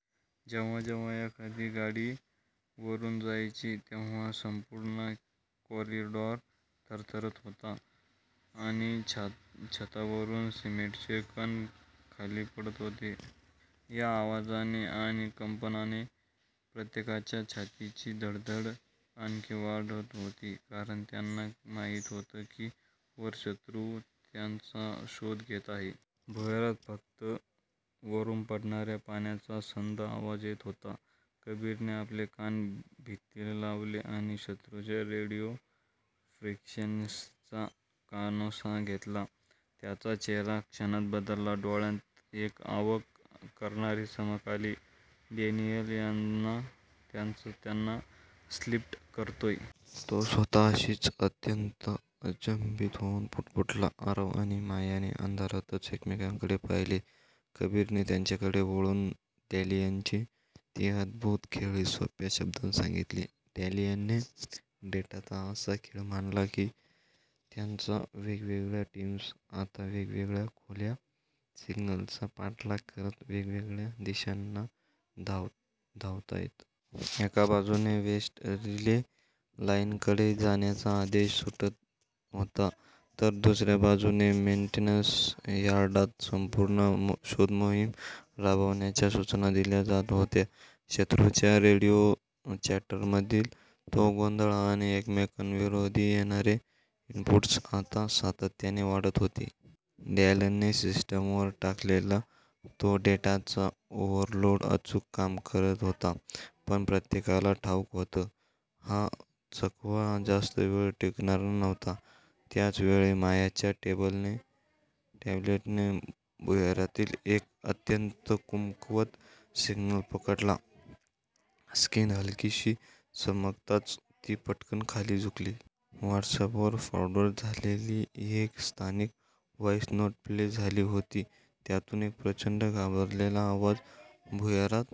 जेव्हा जेव्हा एखादी गाडी वरून जायची, तेव्हा संपूर्ण कॉरिडॉर थरथरत होता आणि छतावरून सिमेंटचे कण खाली पडत होते. या आवाजाने आणि कंपनाने प्रत्येकाच्या छातीची धडधड आणखी वाढवत होती; कारण त्यांना माहीत होतं की वर शत्रू त्यांचा शोध घेत आहे. भुयारात फक्त वरून पडणाऱ्या पाण्याचा संथ आवाज येत होता. कबीरने आपले कान भिंतीला लावले आणि शत्रूच्या रेडिओ फ्रिक्वेन्सीचा कानोसा घेतला. त्याचा चेहरा क्षणात बदलला, डोळ्यांत एक अवाक करणारी चमक आली. "डॅनियल त्यांना स्प्लिट करतोय. " तो स्वतःशीच, अत्यंत अचंबित होऊन पुटपुटला. आरव आणि मायाने अंधारातच एकमेकांकडे पाहिले. कबीरने त्यांच्याकडे वळून डॅनियलची ती अद्भूत खेळी सोप्या शब्दांत सांगितली, "डॅनियलने डेटाचा असा खेळ मांडलाय की त्यांच्या वेगवेगळ्या टीम्स आता वेगवेगळ्या खोट्या सिग्नल्सचा पाठलाग करत वेगवेगळ्या दिशांना धावतायत. एका बाजूने वेस्ट रिले लाईनकडे जाण्याचे आदेश सुटत होते, तर दुसऱ्या बाजूने मेन्टेनन्स यार्डात संपूर्ण शोधमोहीम राबवण्याच्या सूचना दिल्या जात होत्या. शत्रूच्या रेडिओ चॅटरमधील तो गोंधळ आणि एकमेकांविरोधी येणारे इनपुट्स आता सातत्याने वाढत होते. डॅलने सिस्टीमवर टाकलेला तो डेटाचा ओव्हरलोड अचूक काम करत होता. पण प्रत्येकाला ठाऊक होतं. हा चकवा जास्त वेळ टिकणारा नव्हता. त्याच वेळी मायाच्या टॅब्लेटने भुयारातील एक अत्यंत कमकुवत सिग्नल पकडला. स्क्रीन हलकीशी चमकताच ती पटकन खाली झुकली. व्हॉट्सअॅपवर फॉरवर्ड झालेली एक स्थानिक व्हॉईस नोट प्ले झाली होती. त्यातून एक प्रचंड घाबरलेला आवाज भुयारात